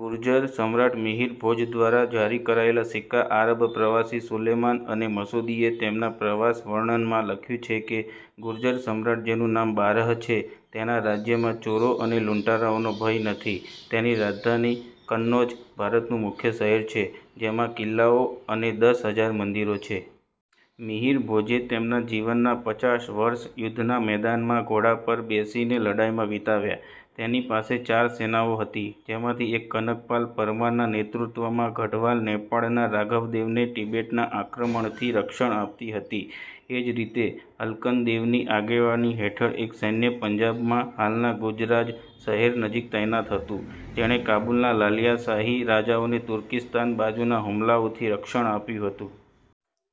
ગુર્જર સમ્રાટ મિહિર ભોજ દ્વારા જારી કરાયેલા સિક્કા આરબ પ્રવાસી સુલેમાન અને મસૂદીએ તેમના પ્રવાસ વર્ણનમાં લખ્યું છે કે 'ગુર્જર સમ્રાટ જેનું નામ બારહ છે. તેના રાજ્યમાં ચોરો અને લૂંટારાઓનો ભય નથી. તેની રાજધાની કન્નૌજ ભારતનું મુખ્ય શહેર છે, જેમાં કિલ્લાઓ અને દસ હજાર મંદિરો છે. મિહિર ભોજે તેમના જીવનના પચાસ વર્ષ યુદ્ધના મેદાનમાં ઘોડા પર બેસીને લડાઈમાં વિતાવ્યા. તેની પાસે ચાર સેનાઓ હતી, જેમાંથી એક કનકપાલ પરમારના નેતૃત્વમાં ગઢવાલ નેપાળના રાઘવદેવને તિબેટના આક્રમણથી રક્ષણ આપતી હતી. એ જ રીતે, અલ્કન દેવની આગેવાની હેઠળ એક સૈન્ય પંજાબમાં હાલના ગુજરાજ શહેર નજીક તૈનાત હતું, જેણે કાબુલના લાલિયાશાહી રાજાઓને તુર્કીસ્તાન બાજુના હુમલાઓથી રક્ષણ આપ્યું હતું.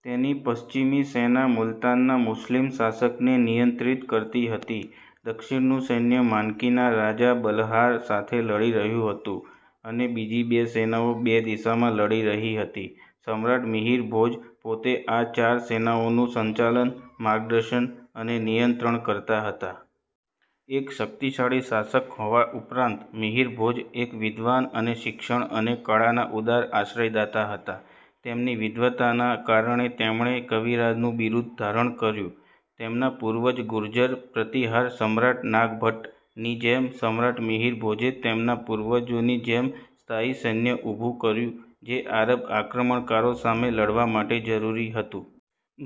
તેની પશ્ચિમી સેના મુલતાનના મુસ્લિમ શાસકને નિયંત્રિત કરતી હતી. દક્ષિણનું સૈન્ય માનકીના રાજા બલહાર સાથે લડી રહ્યું હતું અને બીજી બે સેનાઓ બે દિશામાં લડી રહી હતી. સમ્રાટ મિહિર ભીજ પોતે આ ચાર સેનાઓનું સંચાલન, માર્ગદર્શન અને નિયંત્રણ કરતા હતા. એક શક્તિશાળી શાસક હોવા ઉપરાંત, મિહિર ભોજ એક વિદ્વાન અને શિક્ષણ અને કળાના ઉદાર આશ્રયદાતા હતા. તેમની વિદ્વતાના કારણે તેમણે 'કવિરાજ'નું બિરુદ ધારણ કર્યું. તેમના પૂર્વજ ગુર્જર પ્રતિહાર સમ્રાટ નાગભટ્ટ ની જેમ, સમ્રાટ મિહિર ભોજે તેમના પૂર્વજોની જેમ સ્થાયી સૈન્ય ઉભું કર્યું જે આરબ આક્રમણકારો સામે લડવા માટે જરૂરી હતું.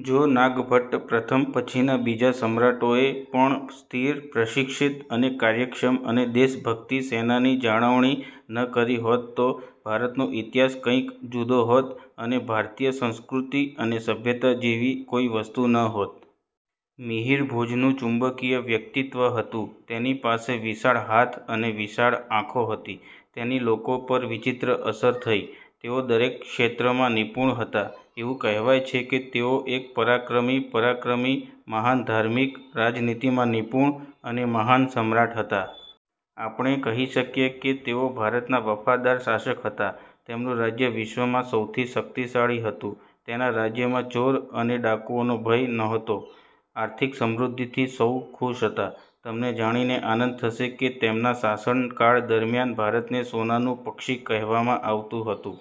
જો નાગભટ્ટ પ્રથમ પછીના બીજા સમ્રાટોએ પણ સ્થિર, પ્રશિક્ષિત અને કાર્યક્ષમ અને દેશભક્તિ સેનાની જાળવણી ન કરી હોત તો ભારતનો ઈતિહાસ કંઈક જુદો હોત અને ભારતીય સંસ્કૃતિ અને સભ્યતા જેવી કોઈ વસ્તુ ન હોત. મિહિરભોજનું ચુંબકીય વ્યક્તિત્વ હતું, તેની પાસે વિશાળ હાથ અને વિશાળ આંખો હતી. તેની લોકો પર વિચિત્ર અસર થઈ. તેઓ દરેક ક્ષેત્રમાં નિપુણ હતા, એવું કહેવાય છે કે તેઓ એક પરાક્રમી પરાક્રમી, મહાન ધાર્મિક, રાજનીતિમાં નિપુણ અને મહાન સમ્રાટ હતા. આપણે કહી શકીએ કે તેઓ ભારતના વફાદાર શાસક હતા. તેમનું રાજ્ય વિશ્વમાં સૌથી શક્તિશાળી હતું. તેના રાજ્યમાં ચોર અને ડાકુઓનો ભય નહોતો. આર્થિક સમૃદ્ધિથી સૌ ખુશ હતા. તમને જાણીને આનંદ થશે કે તેમના શાસનકાળ દરમિયાન ભારતને સોનાનું પક્ષી કહેવામાં આવતું હતું.